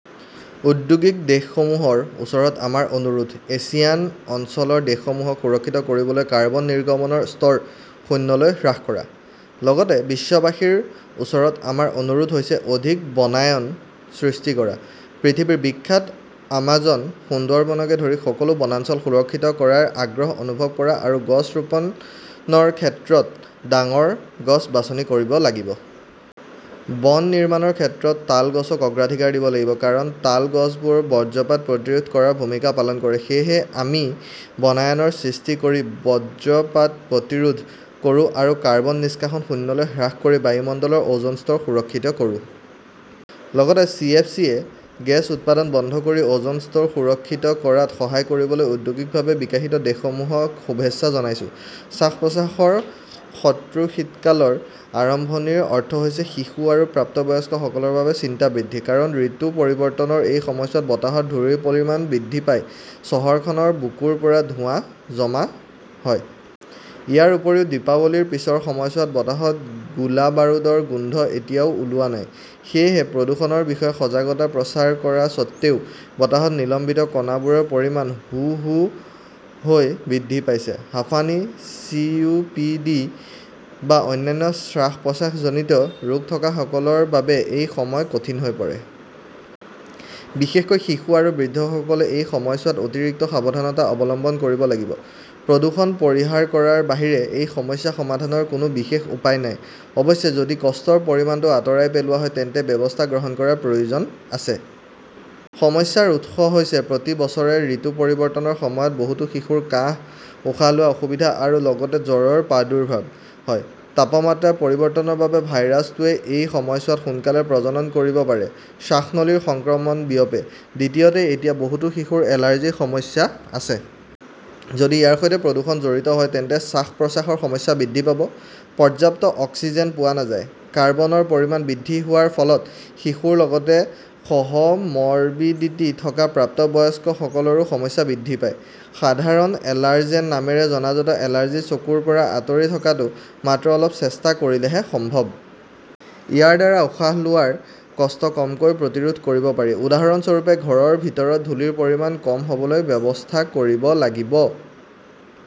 ঔদ্যোগিক দেশসমূহৰ ওচৰত আমাৰ অনুৰোধ, এছিয়ান অঞ্চলৰ দেশসমূহক সুৰক্ষিত কৰিবলৈ কাৰ্বন নিৰ্গমনৰ স্তৰ শূন্যলৈ হ্ৰাস কৰা। লগতে বিশ্ববাসীৰ ওচৰত আমাৰ অনুৰোধ হৈছে অধিক বনায়ন সৃষ্টি কৰা। পৃথিৱীৰ বিখ্যাত আমাজন, সুন্দৰবনকে ধৰি সকলো বনাঞ্চল সুৰক্ষিত কৰাৰ আগ্ৰহ অনুভৱ কৰা আৰু গছ ৰোপণৰ ক্ষেত্ৰত ডাঙৰ গছ বাছনি কৰিব লাগিব। বন নিৰ্মাণৰ ক্ষেত্ৰত তাল গছক অগ্ৰাধিকাৰ দিব লাগিব। কাৰণ তাল গছবোৰে বজ্ৰপাত প্ৰতিৰোধ কৰাৰ ভূমিকা পালন কৰে। সেয়েহে আমি বনায়নৰ সৃষ্টি কৰি বজ পাত প্ৰতিৰোধ কৰোঁ আৰু কাৰ্বন নিষ্কাশন শূন্যলৈ হ্ৰাস কৰি বায়ুমণ্ডলৰ অ'জন স্তৰ সুৰক্ষিত কৰোঁ। লগতে, চি. এফ. চি. -য়ে গেছ উৎপাদন বন্ধ কৰি অ'জনৰ স্তৰ সুৰক্ষিত কৰাত সহায় কৰিবলৈ ঔদ্যোগিকভাৱে বিকশিত দেশসমূহক শুভেচ্ছা জনাইছো। শ্বাস-প্ৰশ্বাসৰ শত্ৰুশীতকালৰ আৰম্ভণিৰ অৰ্থ হৈছে শিশু আৰু প্ৰাপ্তবয়স্কসকলৰ বাবে চিন্তা বৃদ্ধি। কাৰণ ঋতু পৰিৱৰ্তনৰ এই সময়ছোৱাত বতাহত ধূলিৰ পৰিমাণ বৃদ্ধি পায়, চহৰখনৰ বুকুৰ পৰা ধোঁৱা জমা হয়। ইয়াৰ উপৰিও দীপাৱলীৰ পিছৰ সময়ছোৱাত বতাহত গোলা-বাৰুদৰ গোন্ধ এতিয়াও ওলোৱা নাই। সেয়েহে প্ৰদূষণৰ বিষয়ে সজাগতা প্ৰচাৰ কৰাৰ স্বত্ত্বেও বতাহত নিলম্বিত কণাবোৰৰ পৰিমাণ হু-হু হৈ বৃদ্ধি পাইছে। হাঁপানি, চি. ও. পি. ডি. বা অন্যান্য শ্বাস-প্ৰশ্বাসজনিত ৰোগ থকা লোকসকলৰ বাবে এই সময় কঠিন হৈ পৰে। বিশেষকৈ শিশু আৰু বৃদ্ধসকলে এই সময়ছোৱাত অতিৰিক্ত সাৱধানতা অৱলম্বন কৰিব লাগিব। প্ৰদূষণ পৰিহাৰ কৰাৰ বাহিৰে এই সমস্যা সমাধানৰ কোনো বিশেষ উপায় নাই। অৱশ্যে, যদি কষ্টৰ পৰিমাণটো আঁতৰাই পেলোৱা হয় তেন্তে ব্যৱস্থা গ্ৰহণ কৰাৰ প্ৰয়োজন আছে। সমস্যাৰ উৎস হৈছে প্ৰতি বছৰে ঋতু পৰিৱৰ্তনৰ সময়ত বহুতো শিশুৰ কাহ, উশাহ লোৱাৰ অসুবিধা আৰু লগতে জ্বৰৰ প্ৰাদুৰ্ভাৱ হয়। তাপমাত্ৰাৰ পৰিৱৰ্তনৰ বাবে ভাইৰাছটোৱে এই সময়ছোৱাত সোনকালে প্ৰজনন কৰিব পাৰে। শ্বাসনলীৰ সংক্ৰমণ বিয়পে। দ্বিতীয়তে, এতিয়া বহুতো শিশুৰ এলাৰ্জিৰ সমস্যা আছে। যদি ইয়াৰ সৈতে প্ৰদূষণ জড়িত হয়, তেন্তে শ্বাস-প্ৰশ্বাসৰ সমস্যা বৃদ্ধি পাব। পৰ্যাপ্ত অক্সিজেন পোৱা নাযায়, কাৰ্বনৰ পৰিমাণ বৃদ্ধি হোৱাৰ ফলত শিশুৰ লগতে সহ-মৰ্বিডিটি থকা প্ৰাপ্তবয়স্কসকলৰো সমস্যা বৃদ্ধি পায়। সাধাৰণ এলাৰ্জেন নামেৰে জনাজাত এলাৰ্জিৰ চকুৰ পৰা আঁতৰি থকাটো মাত্ৰ অলপ চেষ্টা কৰিলেহে সম্ভৱ। ইয়াৰ দ্বাৰা উশাহ লোৱাৰ কষ্ট কমকৈ প্ৰতিৰোধ কৰিব পাৰি। উদাহৰণস্বৰূপে, ঘৰৰ ভিতৰত ধূলিৰ পৰিমাণ কম হ'বলৈ ব্যৱস্থা কৰিব লাগিব।